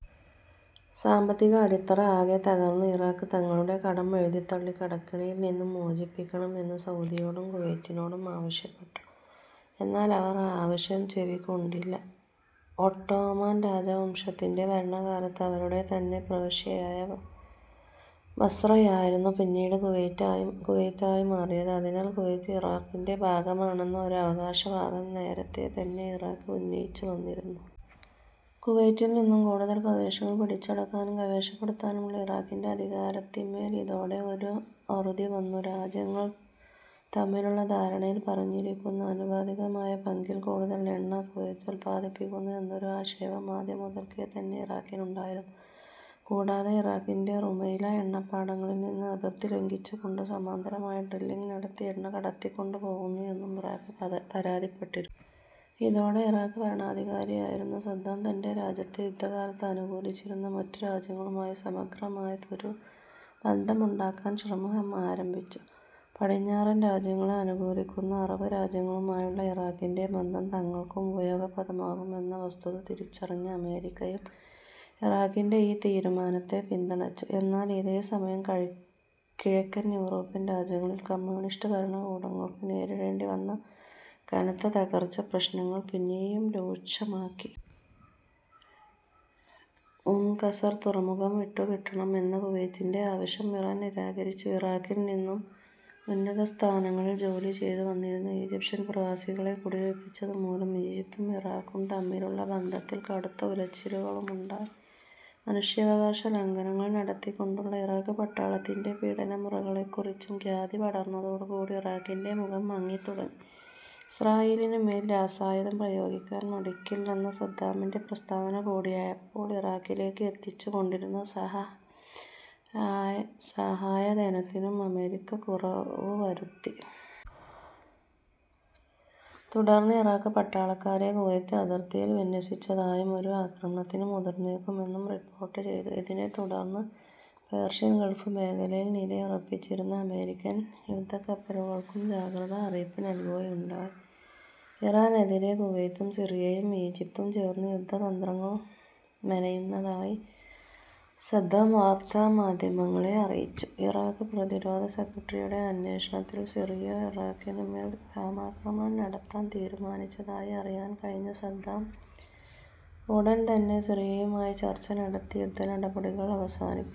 സാമ്പത്തിക അടിത്തറ ആകെ തകർന്ന ഇറാഖ് തങ്ങളുടെ കടം എഴുതിത്തള്ളി കടക്കെണിയിൽ നിന്നും മോചിപ്പിക്കണം എന്ന് സൗദിയോടും കുവൈറ്റിനോടും ആവശ്യപ്പെട്ടു. എന്നാൽ അവർ ആ ആവശ്യം ചെവിക്കൊണ്ടില്ല. ഒട്ടോമാൻ രാജവംശത്തിന്റെ ഭരണകാലത്ത് അവരുടെതന്നെ പ്രവിശ്യയായ ബസ്രയായിരുന്നു പിന്നീട് കുവൈറ്റ് ആയി മാറിയത്. അതിനാൽ കുവൈറ്റ് ഇറാഖിന്റെ ഭാഗമാണെന്ന ഒരു അവകാശംവാദം നേരതെതന്നെ ഇറാഖ് ഉന്നയിച്ചുവന്നിരുന്നു. കുവൈറ്റിൽനിന്നും കൂടുതൽ പ്രദേശങ്ങൾ പിടിച്ചടക്കാനും കൈവശപ്പെടുത്താനുമുള്ള ഇറാഖിന്റെ അധികാരത്തിന്മേൽ ഇതോടെ ഒരു അറുതിവന്നു. രാജ്യങ്ങൾ തമ്മിലുള്ള ധാരണയിൽ പറഞ്ഞിരിക്കുന്ന ആനുപാതികമായ പങ്കിൽ കൂടുതൽ എണ്ണ കുവൈറ്റ് ഉൽപ്പാദിപ്പിക്കുന്നു എന്നൊരു ആക്ഷേപം ആദ്യം മുതൽക്കേതന്നെ ഇറാഖിനുണ്ടായിരുന്നു. കൂടാതെ, ഇറാഖിന്റെ റുമൈല എണ്ണപ്പാടങ്ങളിൽനിന്നും അതിർത്തി ലംഘിച്ചുകൊണ്ട് സമാന്തരമായി ഡ്രില്ലിംഗ് നടത്തി എണ്ണ കടത്തിക്കൊണ്ടുപോകുന്നു എന്നും ഇറാഖ് പരാതിപ്പെട്ടിരുന്നു. ഇതോടെ ഇറാഖ് ഭരണാധികാരിയായിരുന്ന സദ്ദാം തൻറെ രാജ്യത്തെ യുദ്ധകാലത്ത് അനുകൂലിച്ചിരുന്ന മറ്റു രാജ്യങ്ങളുമായി സമഗ്രമായി ഒരു ബന്ധമുണ്ടാക്കാൻ ശ്രമം ആരംഭിച്ചു. പടിഞ്ഞാറൻ രാജ്യങ്ങളെ അനുകൂലിക്കുന്ന അറബ് രാജ്യങ്ങളുമായുള്ള ഇറാഖിന്റെ ബന്ധം തങ്ങൾക്കും ഉപയോഗപ്രദമാകും എന്ന വസ്തുത തിരിച്ചറിഞ്ഞ അമേരിക്കയും ഇറാഖിന്റെ ഈ തീരുമാനത്തെ പിന്തുണച്ചു. എന്നാൽ ഇതേ സമയം കിഴക്കൻ യൂറോപ്യൻ രാജ്യങ്ങളിൽ കമ്മ്യൂണിസ്റ്റ് ഭരണകൂടങ്ങൾക്ക് നേരിടേണ്ടിവന്ന കനത്ത തകർച്ച പ്രശ്നങ്ങൾ പിന്നെയും രൂക്ഷമാക്കി. ഉം-ഖസർ തുറമുഖം വിട്ടുകിട്ടണം എന്ന കുവൈറ്റിന്റെ ആവശ്യം ഇറാൻ നിരാകരിച്ചു. ഇറാഖിൽ നിന്നും ഉന്നതസ്ഥാനങ്ങളിൽ ജോലിചെയ്തുവന്നിരുന്ന ഈജിപ്ഷ്യൻ പ്രവാസികളെ കുടിയൊഴിപ്പിച്ചതുമൂലം ഈജിപ്തും ഇറാഖും തമ്മിലുള്ള ബന്ധത്തിൽ കടുത്ത ഉലച്ചിലുകലുണ്ടായി. മനുഷ്യാവകാശലംഘനങ്ങൾ നടത്തിക്കൊണ്ടുള്ള ഇറാഖ് പട്ടാളത്തിന്റെ പീഡനമുറകളെക്കുറിച്ചും ഖ്യാതി പടർന്നതോടുകൂടി ഇറാഖിന്റെ മുഖം മങ്ങിത്തുടങ്ങി. ഇസ്രയേലിനുമേൽ രാസായുധം പ്രയോഗിക്കാൻ മടിക്കില്ലെന്ന സദ്ദാമിന്റെ പ്രസ്താവനകൂടിയായപ്പോൾ ഇറാഖിലേക്ക് എത്തിച്ചുകൊണ്ടിരുന്ന സഹായധനത്തിലും അമേരിക്ക കുറവുവരുത്തി. തുടർന്ന് ഇറാഖ് പട്ടാളക്കാരെ കുവൈറ്റ് അതിർത്തിയിൽ വിന്യസിച്ചതായും, ഒരു ആക്രമണത്തിന് മുതിർന്നേക്കുമെന്നും റിപ്പോർട്ട് ചെയ്തു. ഇതിനെത്തുടർന്ന് പേർഷ്യൻ ഗൾഫ് മേഖലയിൽ നിലയുറപ്പിച്ചിരുന്ന അമേരിക്കൻ യുധക്കപ്പലുകൾക്കും ജാഗ്രത അറിയിപ്പ് നൽകുകയുണ്ടായി. ഇറാഖിനെതിരെ കുവൈറ്റും സിറിയയും ഈജിപ്തും ചേർന്ന് യുദ്ധതന്ത്രങ്ങൾ മെനയുന്നതായി സദ്ദാം വാർത്താമാധ്യമങ്ങളെ അറിയിച്ചു. ഇറാഖ് പ്രധിരോധ സെക്രട്ടറിയുടെ അന്വേഷണത്തിൽ സിറിയ ഇറാഖിനുമേൽ വ്യോമാക്രമണം നടത്താൻ തീരുമാനിച്ചതായി അറിയാൻകഴിഞ്ഞ സദ്ദാം ഉടൻതന്നെ സിറിയയുമായി ചർച്ചനടത്തി യുദ്ധനടപടികൾ അവസാനിപ്പിച്ചു.